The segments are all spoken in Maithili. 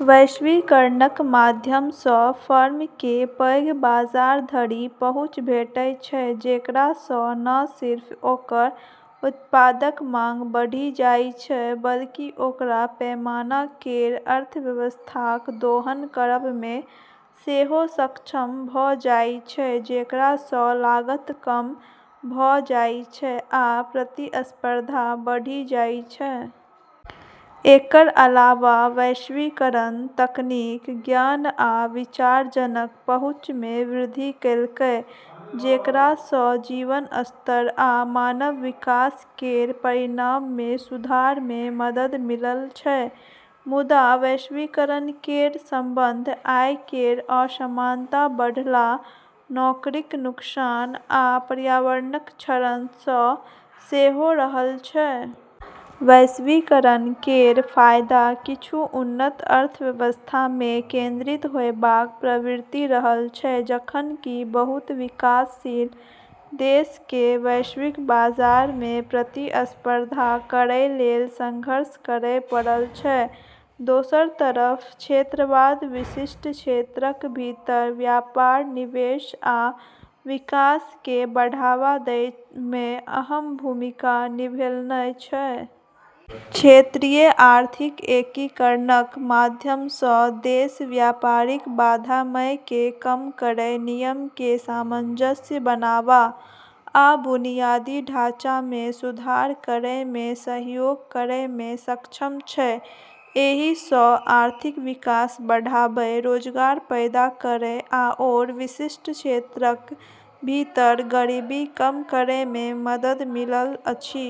वैश्वीकरणक माध्यम सं फर्मकें पैघ बाजार धरि पहुँच भेटै छै, जेकरा सं न सिर्फ ओकर उत्पादक मांग बढ़ि जाइ छै बल्कि ओकरा पैमाना केर अर्थव्यवस्थाक दोहन करब मे सेहो सक्षम भऽ जाइ छै, जेकरा सं लागत कम भऽ जाइ छै आ प्रतिस्पर्धा बढ़ि जाइ छै। एकर अलावा वैश्वीकरण तकनीक, ज्ञान आ विचारजनक पहुँच मे वृद्धि कएलकै, जेकरा सं जीवन स्तर आ मानव विकास केर परिणाम मे सुधार मे मदद मिलल छै। मुदा वैश्वीकरण केर संबंध आय केर असमानता बढ़ला, नौकरीक नुकसान, आ पर्यावरणक क्षरण सं सेहो रहल छै। वैश्वीकरण केर फायदा किछु उन्नत अर्थव्यवस्था मे केंद्रित होयबाक प्रवृत्ति रहल छै, जखन कि बहुत विकासशील देशकें वैश्विक बाजार मे प्रतिस्पर्धा करै लेल संघर्ष करय पड़ल छै। दोसर तरफ क्षेत्रवाद विशिष्ट क्षेत्रक भीतर व्यापार, निवेश, आ विकासकें बढ़ावा दै मे अहम् भूमिका निभैलनए छै। क्षेत्रीय आर्थिक एकीकरणक माध्यम सं देश व्यापारिक बाधामय कें कम करय, नियमकें सामंजस्य बनावा, आ बुनियादी ढाँचा मे सुधार करय मे सहयोग करय मे सक्षम छै। एहि सं आर्थिक विकास बढ़ाबय, रोजगार पैदा करय आओर विशिष्ट क्षेत्रक भीतर गरीबी कम करय मे मदद मिलल अछि।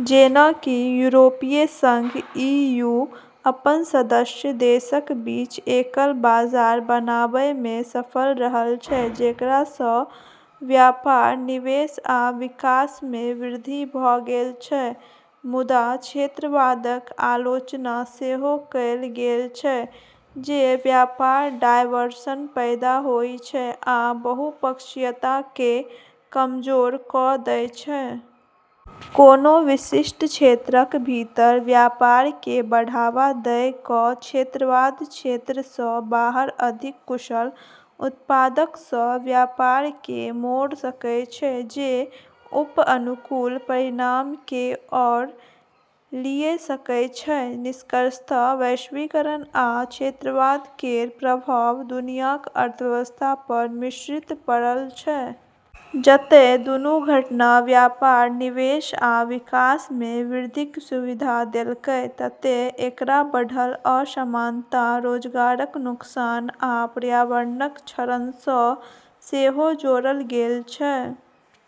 जेना कि यूरोपीय संघ (ईयू) अपन सदस्य देशक बीच एकल बाजार बनाबै मे सफल रहल छै, जेकरा स व्यापार, निवेश आ विकास मे वृद्धि भऽ गेल छै। मुदा क्षेत्रवादक आलोचना सेहो कएल गेल छै जे व्यापार डायवर्सन पैदा होइ छै आ बहुपक्षीयताकें कमजोर कऽ दै छै। कोनो विशिष्ट क्षेत्रक भीतर व्यापारकें बढ़ावा दय कऽ क्षेत्रवाद क्षेत्र सं बाहर अधिक कुशल उत्पादकस व्यापारकें मोड़ सकय छै जे उप-अनुकूल परिणामकें ओर लेि सकय छै। निष्कर्षतः वैश्वीकरण आ क्षेत्रवाद केर प्रभाव दुनियाक अर्थव्यवस्था पर मिश्रित पड़ल छै। जतय दूनू घटना व्यापार, निवेश आ विकास मे वृद्धिक सुविधा देलकै, ततय एकरा बढ़ल असमानता, रोजगारक नुकसान, आ पर्यावरणक क्षरण सं सेहो जोड़ल गेल छै।